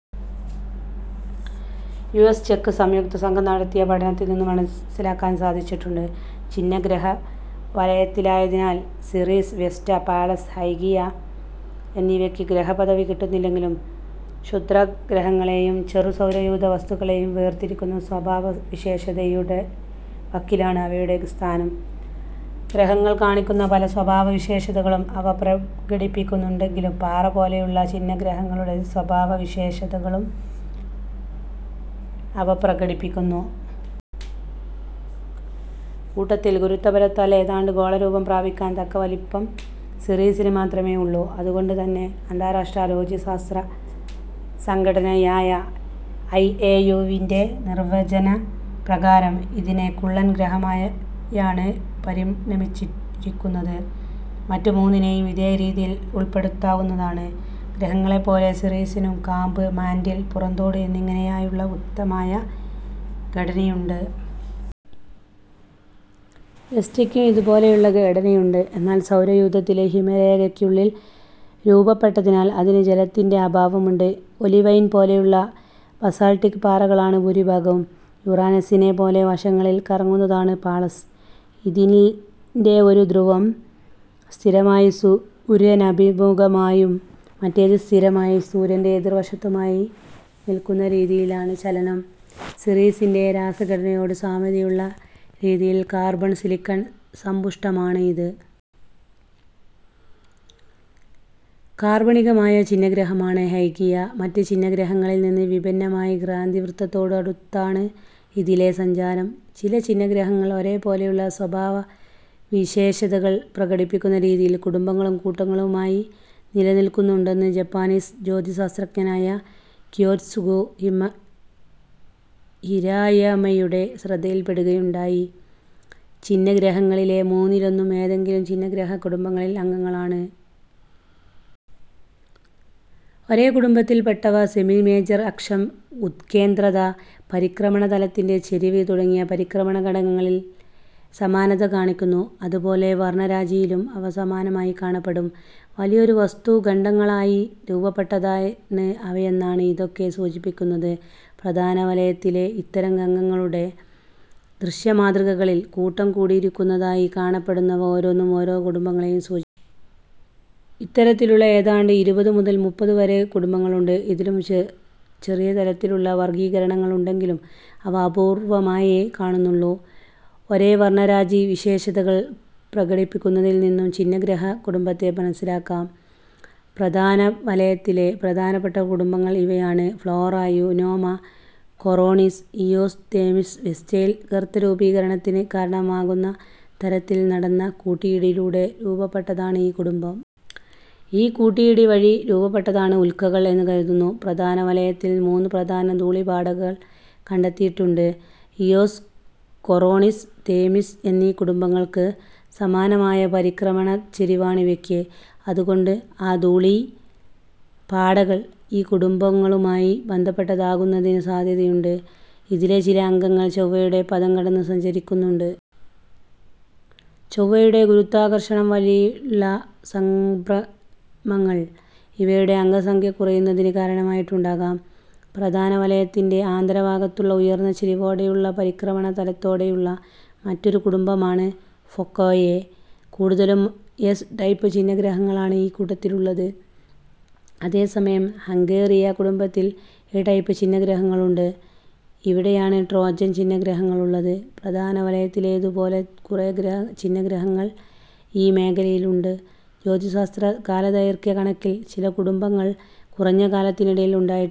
U S ചെക്ക് സംയുക്തസംഘം നടത്തിയ പഠനത്തിൽ നിന്ന് മനസ്സിലാക്കാൻ സാധിച്ചിട്ടുണ്ട്. ഛിന്നഗ്രഹ വലയത്തിലായതിനാൽ സീറീസ്, വെസ്റ്റ, പാളസ്, ഹൈഗിയ എന്നിവയ്ക്ക് ഗ്രഹപദവി കിട്ടുന്നില്ലെങ്കിലും ക്ഷുദ്ര ഗ്രഹങ്ങളെയും ചെറു സൗരയൂഥ വസ്തുക്കളേയും വേർതിരിക്കുന്ന സ്വഭാവവിശേഷതയുടെ വക്കിലാണ് അവയുടെ സ്ഥാനം. ഗ്രഹങ്ങൾ കാണിക്കുന്ന പല സ്വഭാവവിശേഷതകളും അവ പ്രകടിപ്പിക്കുന്നുണ്ടെങ്കിലും പാറ പോലെയുള്ള ഛിന്നഗ്രഹങ്ങളുടെ സ്വഭാവവിശേഷതകളും അവ പ്രകടിപ്പിക്കുന്നു. കൂട്ടത്തിൽ ഗുരുത്വബലത്താൽ ഏതാണ്ട് ഗോള രൂപം പ്രാപിക്കാൻ തക്ക വലിപ്പം സീറിസിന് മാത്രമേ ഉള്ളൂ. അതുകൊണ്ട് തന്നെ അന്താരാഷ്ട്ര ജ്യോതിശാസ്ത്ര സംഘടനയായ ഐ എ യുവിൻ്റെ നിർവ്വചന പ്രകാരം ഇതിനെ കുള്ളൻ ഗ്രഹമായാണ് പരിഗണിച്ചിരിക്കുന്നത്. മറ്റ് മൂന്നിനേയും ഇതേ രീതിയിൽ ഉൾപ്പെടുത്താവുന്നതാണ്. ഗ്രഹങ്ങളെ പോലെ സീറീസിനും കാമ്പ്, മാൻ്റിൽ, പുറംതോട് എന്നിങ്ങനെയായുള്ള വ്യക്തമായ ഘടനയുണ്ട്. വെസ്റ്റേക്കും വെസ്റ്റയ്ക്കും ഇതുപോലെയുള്ള ഘടനയുണ്ട്, എന്നാൽ സൗരയൂഥത്തിലെ ഹിമരേഖയ്ക്കുള്ളിൽ രൂപപ്പെട്ടതിനാൽ അതിന് ജലത്തിൻ്റെ അഭാവമുണ്ട്. ഒലീവൈൻ പോലെയുള്ള ബസാൾട്ടിക്ക് പാറകളാണ് ഭൂരിഭാഗവും. യുറാനസിനെ പോലെ വശങ്ങളിൽ കറങ്ങുന്നതാണ് പാളസ്. ഇതിൻ്റെ ഒരു ധ്രുവം സ്ഥിരമായി സൂര്യനഭിമുഖമായും മറ്റേത് സ്ഥിരമായി സൂര്യൻ്റെ എതിർവശത്തുമായി നിൽക്കുന്ന രീതിയിലാണ് ചലനം. സീറീസിൻ്റെ രാസഘടനയോട് സാമ്യതയുള്ള രീതിയിൽ കാർബൺ, സിലിക്കൺ സമ്പുഷ്ടമാണ് ഇത്. കാർബണികമായ ഛിന്നഗ്രഹമാണ് ഹൈഗിയ, മറ്റ് ഛിന്നഗ്രഹങ്ങളിൽ നിന്ന് വിഭിന്നമായി ക്രാന്തി വൃത്തത്തോട് അടുത്താണ് ഇതിൻ്റെ സഞ്ചാരം. ചില ഛിന്നഗ്രഹങ്ങൾ ഒരേ പോലെയുള്ള സ്വഭാവവിശേഷതകൾ പ്രകടിപ്പിക്കുന്ന രീതിയിൽ കുടുംബങ്ങളും കൂട്ടങ്ങളുമായി നിലനിൽക്കുന്നുണ്ടെന്ന് ജപ്പാനീസ് ജ്യോതിശാസ്ത്രജ്ഞനായ കിയോത്സുഗു ഹിരായമയുടെ ശ്രദ്ധയിൽ പെടുകയുണ്ടായി. ഛിന്നഗ്രഹങ്ങളിലെ മൂന്നിലൊന്നും ഏതെങ്കിലും ഛിന്നഗ്രഹ കുടുംബങ്ങളിൽ അംഗങ്ങളാണ്. ഒരേ കുടുംബത്തിൽ പെട്ടവ സെമി മേജർ അക്ഷം, ഉത്കേന്ദ്രത, പരിക്രമണതലത്തിൻ്റെ ചെരിവ് തുടങ്ങിയ പരിക്രമണ ഘടകങ്ങളിൽ സമാനത കാണിക്കുന്നു. അതുപോലെ വർണ്ണരാജിയിലും അവ സമാനമായി കാണപ്പെടും. വലിയ ഒരു വസ്തു ഖണ്ഡങ്ങളായി രൂപപ്പെട്ടതാണ് അവയെന്നാണ് ഇതൊക്കെ സൂചിപ്പിക്കുന്നത്. പ്രധാന വലയത്തിലെ ഇത്തരം അംഗങ്ങളുടെ ദൃശ്യമാതൃകകളിൽ കൂട്ടം കൂടിയിരിക്കുന്നതായി കാണപ്പെടുന്നവ ഓരോന്നും ഓരോ കുടുംബങ്ങളെയും സൂചിപ്പിക്കുന്നു. ഇത്തരത്തിലുള്ള ഏതാണ്ട് ഇരുപത് മുതൽ മുപ്പത് വരെ കുടുംബങ്ങളുണ്ട്. ഇതിലും ചെറിയ തലത്തിലുള്ള വർഗ്ഗീകരണങ്ങളുണ്ടെങ്കിലും അവ അപൂർവ്വമായേ കാണുന്നുള്ളൂ. ഒരേ വർണ്ണരാജി വിശേഷതകൾ പ്രകടിപ്പിക്കുന്നതിൽ നിന്നും ഛിന്നഗ്രഹ കുടുംബത്തെ മനസ്സിലാക്കാം. പ്രധാന വലയത്തിലെ പ്രധാനപ്പെട്ട കുടുംബങ്ങൾ ഇവയാണ്: Flora, Eunomia, Coronis, Eos, Themis. വെസ്റ്റയിൽ ഗർത്തരൂപീകരണത്തിന് കാരണമാകുന്ന തരത്തിൽ നടന്ന കൂട്ടിയിടിയിലൂടെ രൂപപ്പെട്ടതാണ് ഈ കുടുംബം. ഈ കൂട്ടിയിടി വഴി രൂപപ്പെട്ടതാണ് ഉൽക്കകൾ എന്ന് കരുതുന്നു. പ്രധാന വലയത്തിൽ മൂന്ന് പ്രധാന ധൂളി പാടകൾ കണ്ടെത്തിയിട്ടുണ്ട്. ഇയോസ്, കൊറോണിസ്, തേമിസ് എന്നീ കുടുംബങ്ങൾക്ക് സമാനമായ പരിക്രമണ ചെരിവാണിവയ്ക്ക്. അതുകൊണ്ട് ആ ധൂളി പാടകൾ ഈ കുടുംബങ്ങളുമായി ബന്ധപ്പെട്ടതാകുന്നതിന് സാധ്യതയുണ്ട്. ഇതിലെ ചില അംഗങ്ങൾ ചൊവ്വയുടെ പഥം കടന്ന് സഞ്ചരിക്കുന്നുണ്ട്. ചൊവ്വയുടെ ഗുരുത്വാകർഷണം വഴിയുള്ള സംഭ്രമങ്ങൾ ഇവയുടെ അംഗസംഖ്യ കുറയുന്നതിന് കാരണമായിട്ടുണ്ടാകാം. പ്രധാന വലയത്തിൻ്റെ ആന്തരഭാഗത്തുള്ള ഉയർന്ന ചെരിവോടെയുള്ള പരിക്രമണ തലത്തോടെയുള്ള മറ്റൊരു കുടുംബമാണ് ഫൊക്കായെ. കൂടുതലും എസ് ടൈപ്പ് ഛിന്നഗ്രഹങ്ങളാണ് ഈ കൂട്ടത്തിലുള്ളത്, അതേസമയം ഹംഗേറിയ കുടുംബത്തിൽ ഈ ടൈപ്പ് ഛിന്നഗ്രഹങ്ങളുണ്ട്. ഇവിടെയാണ് ട്രോജൻ ഛിന്നഗ്രഹങ്ങളുള്ളത്, പ്രധാന വലയത്തിലേതു പോലെ കുറേ ഛിന്നഗ്രഹങ്ങൾ ഈ മേഖലയിലുണ്ട്. ജ്യോതിശാസ്ത്ര കാലദൈർഘ്യ കണക്കിൽ ചില കുടുംബങ്ങൾ കുറഞ്ഞ കാലത്തിനിടയിൽ ഉണ്ടായിട്ടുണ്ട്.